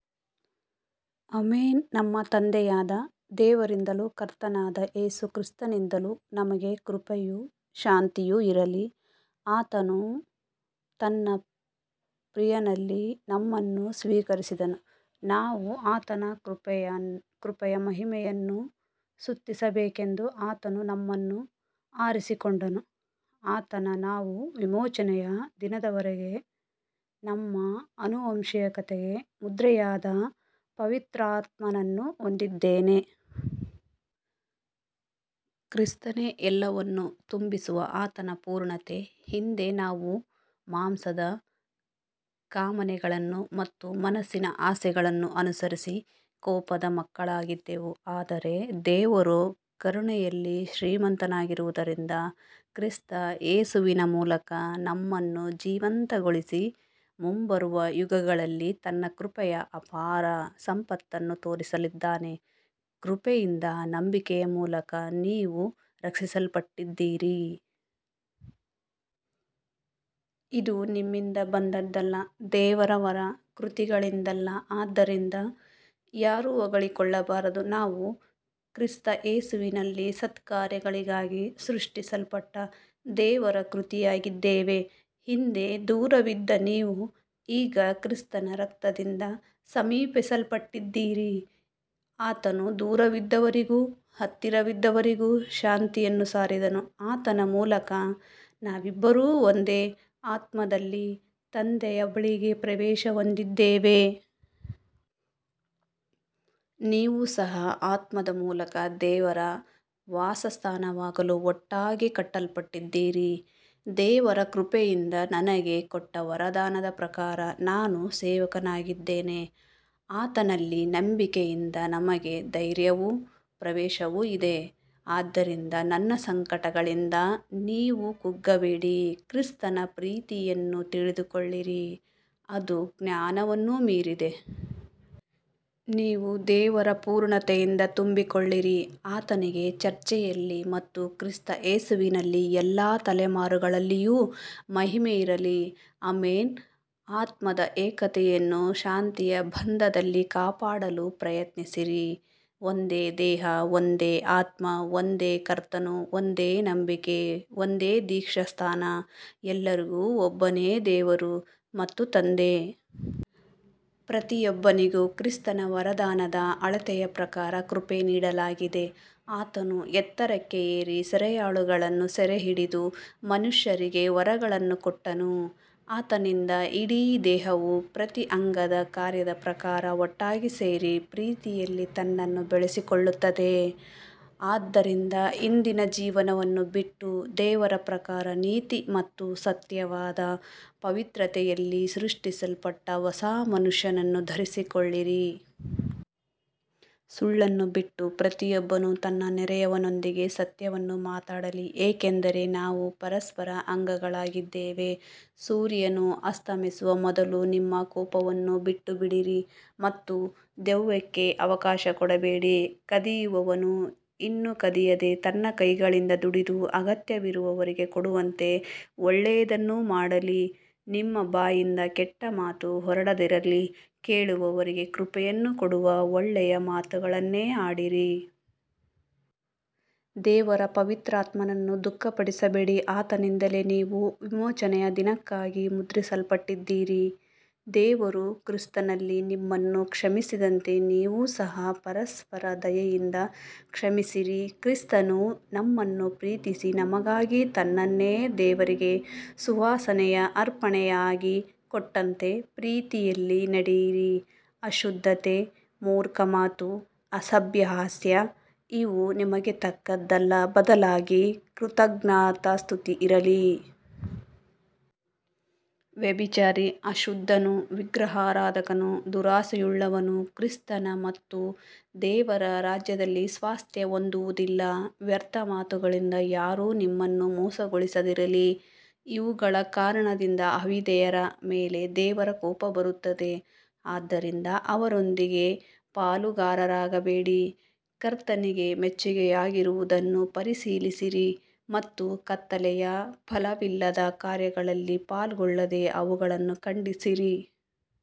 Amen. ನಮ್ಮ ತಂದೆಯಾದ ದೇವರಿಂದಲೂ ಕರ್ತನಾದ ಯೇಸು ಕ್ರಿಸ್ತನಿಂದಲೂ ನಿಮಗೆ ಕೃಪೆಯೂ ಶಾಂತಿಯೂ ಇರಲಿ. ಆತನು ತನ್ನ ಪ್ರಿಯನಲ್ಲಿ ನಮ್ಮನ್ನು ಸ್ವೀಕರಿಸಿದನು. ನಾವು ಆತನ ಕೃಪೆಯ ಮಹಿಮೆಯನ್ನು ಸ್ತುತಿಸಬೇಕೆಂದು ಆತನು ನಮ್ಮನ್ನು ಆರಿಸಿಕೊಂಡನು. ಆತನಲ್ಲಿ ನಾವು ವಿಮೋಚನೆಯ ದಿನದವರೆಗೆ ನಮ್ಮ ಆನುವಂಶಿಕತೆಗೆ ಮುದ್ರೆಯಾದ ಪವಿತ್ರಾತ್ಮನನ್ನು ಹೊಂದಿದ್ದೇವೆ. ಕ್ರಿಸ್ತನೇ ಎಲ್ಲವನ್ನೂ ತುಂಬಿಸುವ ಆತನ ಪೂರ್ಣತೆ. ಹಿಂದೆ ನಾವು ಮಾಂಸದ ಕಾಮನೆಗಳನ್ನು ಮತ್ತು ಮನಸ್ಸಿನ ಆಸೆಗಳನ್ನು ಅನುಸರಿಸಿ ಕೋಪದ ಮಕ್ಕಳಾಗಿದ್ದೆವು. ಆದರೆ ದೇವರು ಕರುಣೆಯಲ್ಲಿ ಶ್ರೀಮಂತನಾಗಿರುವುದರಿಂದ ಕ್ರಿಸ್ತ ಯೇಸುವಿನ ಮೂಲಕ ನಮ್ಮನ್ನು ಜೀವಂತಗೊಳಿಸಿ, ಮುಂಬರುವ ಯುಗಗಳಲ್ಲಿ ತನ್ನ ಕೃಪೆಯ ಅಪಾರ ಸಂಪತ್ತನ್ನು ತೋರಿಸಲಿದ್ದಾನೆ. ಕೃಪೆಯಿಂದ ನಂಬಿಕೆಯ ಮೂಲಕ ನೀವು ರಕ್ಷಿಸಲ್ಪಟ್ಟಿದ್ದೀರಿ. ಇದು ನಿಮ್ಮಿಂದ ಬಂದದ್ದಲ್ಲ, ದೇವರ ವರ. ಕೃತಿಗಳಿಂದಲ್ಲ, ಆದ್ದರಿಂದ ಯಾರೂ ಹೊಗಳಿಕೊಳ್ಳಬಾರದು. ನಾವು ಕ್ರಿಸ್ತ ಯೇಸುವಿನಲ್ಲಿ ಸತ್ಕಾರ್ಯಗಳಿಗಾಗಿ ಸೃಷ್ಟಿಸಲ್ಪಟ್ಟ ದೇವರ ಕೃತಿಯಾಗಿದ್ದೇವೆ. ಹಿಂದೆ ದೂರವಿದ್ದ ನೀವು ಈಗ ಕ್ರಿಸ್ತನ ರಕ್ತದಿಂದ ಸಮೀಪಿಸಲ್ಪಟ್ಟಿದ್ದೀರಿ. ಆತನು ದೂರವಿದ್ದವರಿಗೂ ಹತ್ತಿರವಿದ್ದವರಿಗೂ ಶಾಂತಿಯನ್ನು ಸಾರಿದನು. ಆತನ ಮೂಲಕ ನಾವಿಬ್ಬರೂ ಒಂದೇ ಆತ್ಮದಲ್ಲಿ ತಂದೆಯ ಬಳಿಗೆ ಪ್ರವೇಶ ಹೊಂದಿದ್ದೇವೆ. ನೀವು ಸಹ ಆತ್ಮದ ಮೂಲಕ ದೇವರ ವಾಸಸ್ಥಾನವಾಗಲು ಒಟ್ಟಾಗಿ ಕಟ್ಟಲ್ಪಟ್ಟಿದ್ದೀರಿ. ದೇವರ ಕೃಪೆಯಿಂದ ನನಗೆ ಕೊಟ್ಟ ವರದಾನದ ಪ್ರಕಾರ ನಾನು ಸೇವಕನಾಗಿದ್ದೇನೆ. ಆತನಲ್ಲಿ ನಂಬಿಕೆಯಿಂದ ನಮಗೆ ಧೈರ್ಯವೂ ಪ್ರವೇಶವೂ ಇದೆ. ಆದ್ದರಿಂದ ನನ್ನ ಸಂಕಟಗಳಿಂದ ನೀವು ಕುಗ್ಗಬೇಡಿ. ಕ್ರಿಸ್ತನ ಪ್ರೀತಿಯನ್ನು ತಿಳಿದುಕೊಳ್ಳಿರಿ, ಅದು ಜ್ಞಾನವನ್ನು ಮೀರಿದೆ. ನೀವು ದೇವರ ಪೂರ್ಣತೆಯಿಂದ ತುಂಬಿಕೊಳ್ಳಿರಿ. ಆತನಿಗೆ ಚರ್ಚೆಯಲ್ಲಿ ಮತ್ತು ಕ್ರಿಸ್ತ ಯೇಸುವಿನಲ್ಲಿ ಎಲ್ಲಾ ತಲೆಮಾರುಗಳಲ್ಲಿಯೂ ಮಹಿಮೆ ಇರಲಿ. ಆಮೆನ್. ಆತ್ಮದ ಏಕತೆಯನ್ನು ಶಾಂತಿಯ ಬಂಧದಲ್ಲಿ ಕಾಪಾಡಲು ಪ್ರಯತ್ನಿಸಿರಿ. ಒಂದೇ ದೇಹ, ಒಂದೇ ಆತ್ಮ, ಒಂದೇ ಕರ್ತನು, ಒಂದೇ ನಂಬಿಕೆ, ಒಂದೇ ದೀಕ್ಷಾಸ್ನಾನ, ಎಲ್ಲರಿಗೂ ಒಬ್ಬನೇ ದೇವರು ಮತ್ತು ತಂದೆ. ಪ್ರತಿಯೊಬ್ಬನಿಗೂ ಕ್ರಿಸ್ತನ ವರದಾನದ ಅಳತೆಯ ಪ್ರಕಾರ ಕೃಪೆ ನೀಡಲಾಗಿದೆ. ಆತನು ಎತ್ತರಕ್ಕೆ ಏರಿ ಸೆರೆಯಾಳುಗಳನ್ನು ಸೆರೆಹಿಡಿದು ಮನುಷ್ಯರಿಗೆ ವರಗಳನ್ನು ಕೊಟ್ಟನು. ಆತನಿಂದ ಇಡೀ ದೇಹವು ಪ್ರತಿ ಅಂಗದ ಕಾರ್ಯದ ಪ್ರಕಾರ ಒಟ್ಟಾಗಿ ಸೇರಿ ಪ್ರೀತಿಯಲ್ಲಿ ತನ್ನನ್ನು ಬೆಳೆಸಿಕೊಳ್ಳುತ್ತದೆ. ಆದ್ದರಿಂದ ಹಿಂದಿನ ಜೀವನವನ್ನು ಬಿಟ್ಟು, ದೇವರ ಪ್ರಕಾರ ನೀತಿ ಮತ್ತು ಸತ್ಯವಾದ ಪವಿತ್ರತೆಯಲ್ಲಿ ಸೃಷ್ಟಿಸಲ್ಪಟ್ಟ ಹೊಸ ಮನುಷ್ಯನನ್ನು ಧರಿಸಿಕೊಳ್ಳಿರಿ. ಸುಳ್ಳನ್ನು ಬಿಟ್ಟು ಪ್ರತಿಯೊಬ್ಬನು ತನ್ನ ನೆರೆಯವನೊಂದಿಗೆ ಸತ್ಯವನ್ನು ಮಾತಾಡಲಿ, ಏಕೆಂದರೆ ನಾವು ಪರಸ್ಪರ ಅಂಗಗಳಾಗಿದ್ದೇವೆ. ಸೂರ್ಯನು ಅಸ್ತಮಿಸುವ ಮೊದಲು ನಿಮ್ಮ ಕೋಪವನ್ನು ಬಿಟ್ಟುಬಿಡಿರಿ ಮತ್ತು ದೆವ್ವಕ್ಕೆ ಅವಕಾಶ ಕೊಡಬೇಡಿ. ಕದಿಯುವವನು ಇನ್ನು ಕದಿಯದೆ ತನ್ನ ಕೈಗಳಿಂದ ದುಡಿದು ಅಗತ್ಯವಿರುವವರಿಗೆ ಕೊಡುವಂತೆ ಒಳ್ಳೆಯದನ್ನು ಮಾಡಲಿ. ನಿಮ್ಮ ಬಾಯಿಂದ ಕೆಟ್ಟ ಮಾತು ಹೊರಡದಿರಲಿ, ಕೇಳುವವರಿಗೆ ಕೃಪೆಯನ್ನು ಕೊಡುವ ಒಳ್ಳೆಯ ಮಾತುಗಳನ್ನೇ ಆಡಿರಿ. ದೇವರ ಪವಿತ್ರಾತ್ಮನನ್ನು ದುಃಖಪಡಿಸಬೇಡಿ, ಆತನಿಂದಲೇ ನೀವು ವಿಮೋಚನೆಯ ದಿನಕ್ಕಾಗಿ ಮುದ್ರಿಸಲ್ಪಟ್ಟಿದ್ದೀರಿ. ದೇವರು ಕ್ರಿಸ್ತನಲ್ಲಿ ನಿಮ್ಮನ್ನು ಕ್ಷಮಿಸಿದಂತೆ, ನೀವು ಸಹ ಪರಸ್ಪರ ದಯೆಯಿಂದ ಕ್ಷಮಿಸಿರಿ. ಕ್ರಿಸ್ತನು ನಮ್ಮನ್ನು ಪ್ರೀತಿಸಿ ನಮಗಾಗಿ ತನ್ನನ್ನೇ ದೇವರಿಗೆ ಸುವಾಸನೆಯ ಅರ್ಪಣೆಯಾಗಿ ಕೊಟ್ಟಂತೆ, ಪ್ರೀತಿಯಲ್ಲಿ ನಡೆಯಿರಿ. ಅಶುದ್ಧತೆ, ಮೂರ್ಖ ಮಾತು, ಅಸಭ್ಯ ಹಾಸ್ಯ ಇವು ನಿಮಗೆ ತಕ್ಕದ್ದಲ್ಲ, ಬದಲಾಗಿ ಕೃತಜ್ಞತಾಸ್ತುತಿ ಇರಲಿ. ವ್ಯಭಿಚಾರಿ, ಅಶುದ್ಧನು, ವಿಗ್ರಹಾರಾಧಕನು, ದುರಾಶೆಯುಳ್ಳವನು ಕ್ರಿಸ್ತನ ಮತ್ತು ದೇವರ ರಾಜ್ಯದಲ್ಲಿ ಸ್ವಾಸ್ತ್ಯ ಹೊಂದುವುದಿಲ್ಲ. ವ್ಯರ್ಥ ಮಾತುಗಳಿಂದ ಯಾರೂ ನಿಮ್ಮನ್ನು ಮೋಸಗೊಳಿಸದಿರಲಿ, ಇವುಗಳ ಕಾರಣದಿಂದ ಅವಿಧೇಯರ ಮೇಲೆ ದೇವರ ಕೋಪ ಬರುತ್ತದೆ. ಆದ್ದರಿಂದ ಅವರೊಂದಿಗೆ ಪಾಲುಗಾರರಾಗಬೇಡಿ. ಕರ್ತನಿಗೆ ಮೆಚ್ಚಿಗೆಯಾಗಿರುವುದನ್ನು ಪರಿಶೀಲಿಸಿರಿ ಮತ್ತು ಕತ್ತಲೆಯ ಫಲವಿಲ್ಲದ ಕಾರ್ಯಗಳಲ್ಲಿ ಪಾಲ್ಗೊಳ್ಳದೆ ಅವುಗಳನ್ನು ಖಂಡಿಸಿರಿ.